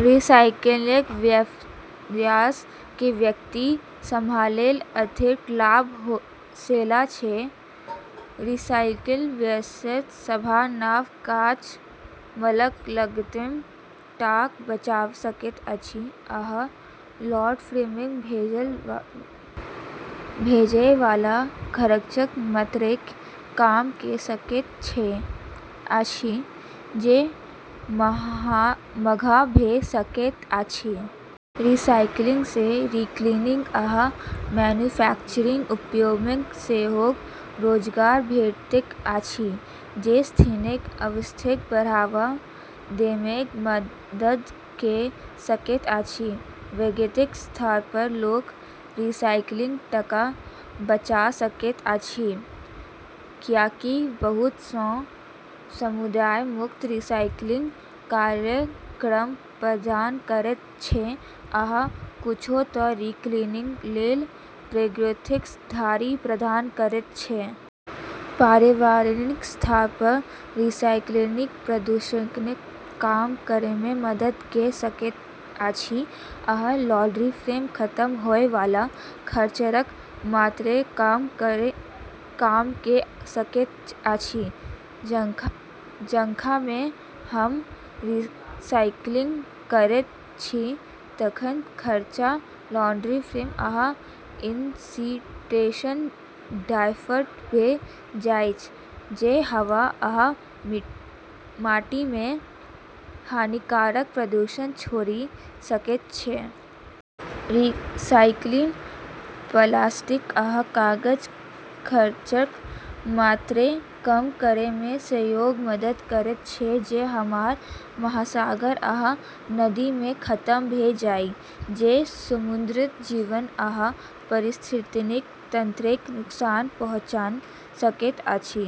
रिसाइकिलिंगसँ व्यवसाय आ व्यक्ति सभलेल आर्थिक लाभ सेहो छै। रिसाइकिलिंगसँ व्यवसाय सभ नव कच्चा मालक लागतमे टका बचा सकैत अछि, आ लैंडफिलमे भेजय वाला कचराक मात्राकेँ कम कऽ सकैत अछि, जे महग भऽ सकैत अछि। रिसाइकिलिंगसँ रीसाइक्लिंग आ मैन्युफैक्चरिंग उद्योगमे सेहो रोजगार भेटैत अछि, जे स्थानीय अर्थव्यवस्थाकेँ बढ़ावा देबामे मदद कऽ सकैत अछि। व्यक्तिगत स्तरपर लोक रिसाइकिलिंगसँ टका बचा सकैत अछि, कियाकि बहुत सँ समुदाय मुफ्त रीसाइक्लिंग कार्यक्रम प्रदान करैत छै, आ किछु तँ रिसाइकिलिंगलेल प्रोत्साहन धरि प्रदान करैत छै। पर्यावरणीय स्तरपर रिसाइकिलिंग प्रदूषणकेँ कम करैमे मदद कऽ सकैत अछि आ लैंडफिलमे खतम होय वाला कचराक मात्राकेँ कम कऽ सकैत अछि। जखन हम रिसाइकिल करैत छी तखन कचरा लैंडफिल आ इंसिनेटरसँ डायवर्ट भऽ जाइछ, जे हवा आ माटीमे हानिकारक प्रदूषककेँ छोड़ि सकैत अछि। रिसाइकिलिंग प्लास्टिक आ कागजक कचराक मात्राकेँ कम करैमे सेहो मदद करैत छै जे हमर महासागर आ नदीमे खतम भऽ जाइछ, जे समुद्री जीवन आ पारिस्थितिकी तंत्रकेँ नुकसान पहुँचा सकैत अछि।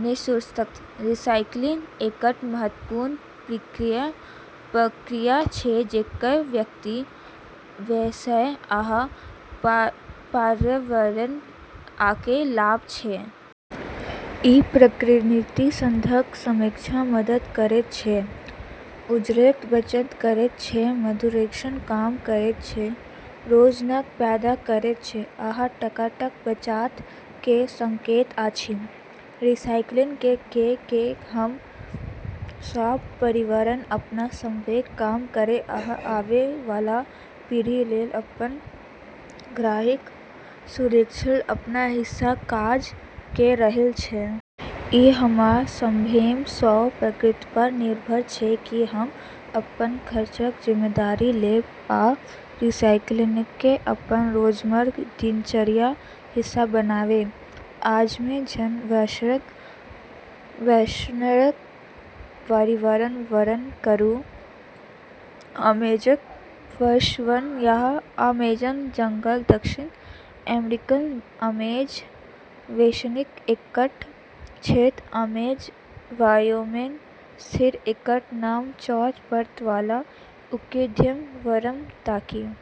निष्कर्षतः, रीसाइक्लिंग एकटा महत्वपूर्ण प्रक्रिया छै जेकर व्यक्ति, व्यवसाय आ पर्यावरणलेल अनेक लाभ छै। ई प्राकृतिक संसाधनक संरक्षणमे मदद करैत छै, ऊर्जाक बचत करैत छै, प्रदूषणकेँ कम करैत छै, रोजगार पैदा करैत छै, आ टकाक बचत कऽ सकैत अछि। रिसाइकिलिंग कऽ कऽ हम सभ पर्यावरणपर अपन प्रभावकेँ कम करै आ आबै वाला पीढ़ीलेल अपन ग्रहक सुरक्षालेल अपन हिस्साक काज कऽ रहल छी। ई हमरा सभमे सँ प्रत्येकपर निर्भर छै कि हम अपन कचराक जिम्मेदारी लेब आ रिसाइकिलिंगकेँ अपन रोजमर्राक दिनचर्याक हिस्सा बनाबी। अमेजन वर्षावनक पर्यावरणक वर्णन करू। अमेजन वर्षावन या अमेजन जंगल दक्षिण अमेरिकाक अमेजन बेसिनक एकटा क्षेत्र अमेजन बायोममे स्थित एकटा नम चौड़ा पात वाला उष्णकटिबंधीय वर्षावन थिक।